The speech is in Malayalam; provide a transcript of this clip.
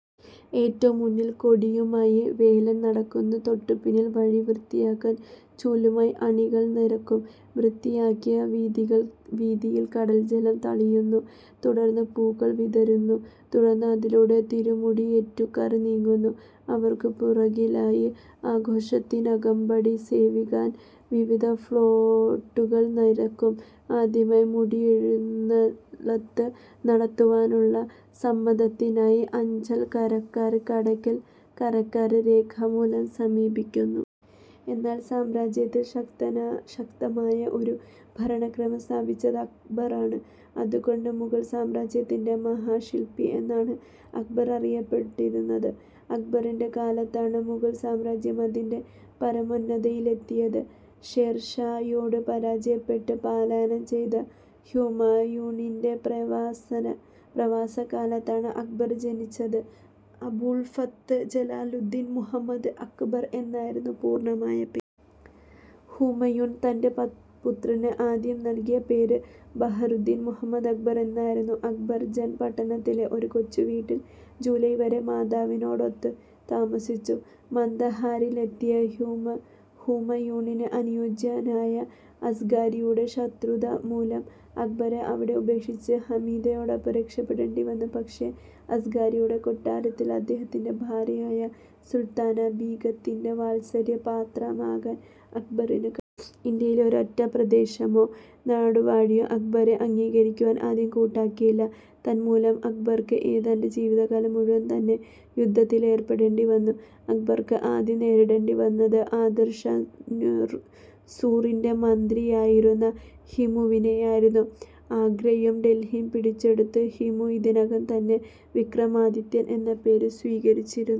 ഏറ്റവും മുന്നിൽ കൊടിയുമായി വേലൻ നടക്കുന്നു. തൊട്ടുപിന്നിൽ വഴി വൃത്തിയാക്കാൻ ചൂലുമായി അണികൾ നിരക്കും. വൃത്തിയാക്കിയ വീഥിയിൽ കടൽജലം തളിക്കുന്നു. തുടർന്ന് പൂക്കൾ വിതറുന്നു. തുടർന്ന് അതിലൂടെ തിരുമുടിയേറ്റുകാർ നീങ്ങുന്നു. അവർക്കു പുറകിലായി ആഘോഷത്തിനകമ്പടി സേവിക്കാൻ വിവിധ ഫ്ളോട്ടുകൾ നിരക്കും. ആദ്യമായി മുടിയെഴുന്നള്ളത്ത് നടത്തുവാനുള്ള സമ്മതത്തിനായി അഞ്ചൽ കരക്കാർ കടയ്ക്കൽ കരക്കാരെ രേഖാമൂലം സമീപിക്കുന്നു. എന്നാൽ സാമ്രാജ്യത്തിൽ ശക്തമായ ഒരു ഭരണക്രമം സ്ഥാപിച്ചത് അക്ബറാണ്. അതുകൊണ്ട് മുഗൾ സാമ്രാജ്യത്തിന്റെ മഹാശിൽപി എന്നാണ് അക്ബർ അറിയപ്പെട്ടിരുന്നത്. അക്ബറിന്റെ കാലത്താണ് മുഗൾ സാമ്രാജ്യം അതിന്റെ പരമോന്നതിയിലെത്തിയത്. ഷേർഷായോട് പരാജയപ്പെട്ട് പലായനം ചെയ്ത ഹുമായൂണിന്റെ പ്രവാസകാലത്താണ് അക്ബർ ജനിച്ചത്. അബുൽഫത്ത് ജലാലുദ്ദീൻ മുഹമ്മദ് അക്ബർ എന്നായിരുന്നു പൂർണമായ പേര്. ഹുമയൂൺ തന്റെ പുത്രന് ആദ്യം നല്കിയ പേർ ബഹറുദ്ദീൻ മുഹമ്മദ് അക്ബർ എന്നായിരുന്നു. അക്ബർ 'ജൻ' പട്ടണത്തിലെ ഒരു കൊച്ചു വീട്ടിൽ ജൂലൈ വരെ മാതാവിനോടൊത്തു താമസിച്ചു. കന്ദഹാറിലെത്തിയ ഹുമയൂണിന് അനുജനായ അസ്ക്കാരിയുടെ ശത്രുതമൂലം, അക്ബറെ അവിടെ ഉപേക്ഷിച്ച് ഹമീദയോടൊപ്പം രക്ഷപ്പെടേണ്ടിവന്നു. പക്ഷേ അസ്ക്കാരിയുടെ കൊട്ടാരത്തിൽ അദ്ദേഹത്തിന്റെ ഭാര്യയായ സുൽത്താനാ ബീഗത്തിന്റെ വാത്സല്യപാത്രമാവാൻ അക്ബർക്കു കഴിഞ്ഞു. ഇന്ത്യയിലെ ഒരൊറ്റ പ്രദേശമോ നാടുവാഴിയോ അക്ബറെ അംഗീകരിക്കുവാൻ ആദ്യം കൂട്ടാക്കിയില്ല. തന്മൂലം അക്ബർക്ക് ഏതാണ്ട് ജീവിതകാലം മുഴുവൻ തന്നെ യുദ്ധത്തിലേർപ്പെടേണ്ടിവന്നു. അക്ബർക്ക് ആദ്യം നേരിടേണ്ടിവന്നത് ആദിർഷാ സൂറിന്റെ മന്ത്രിയായിരുന്ന ഹിമുവിനെ ആയിരുന്നു. ആഗ്രയും ഡൽഹിയും പിടിച്ചെടുത്ത് ഹിമു ഇതിനകം തന്നെ 'വിക്രമാദിത്യൻ' എന്ന പേര് സ്വീകരിച്ചിരുന്നു.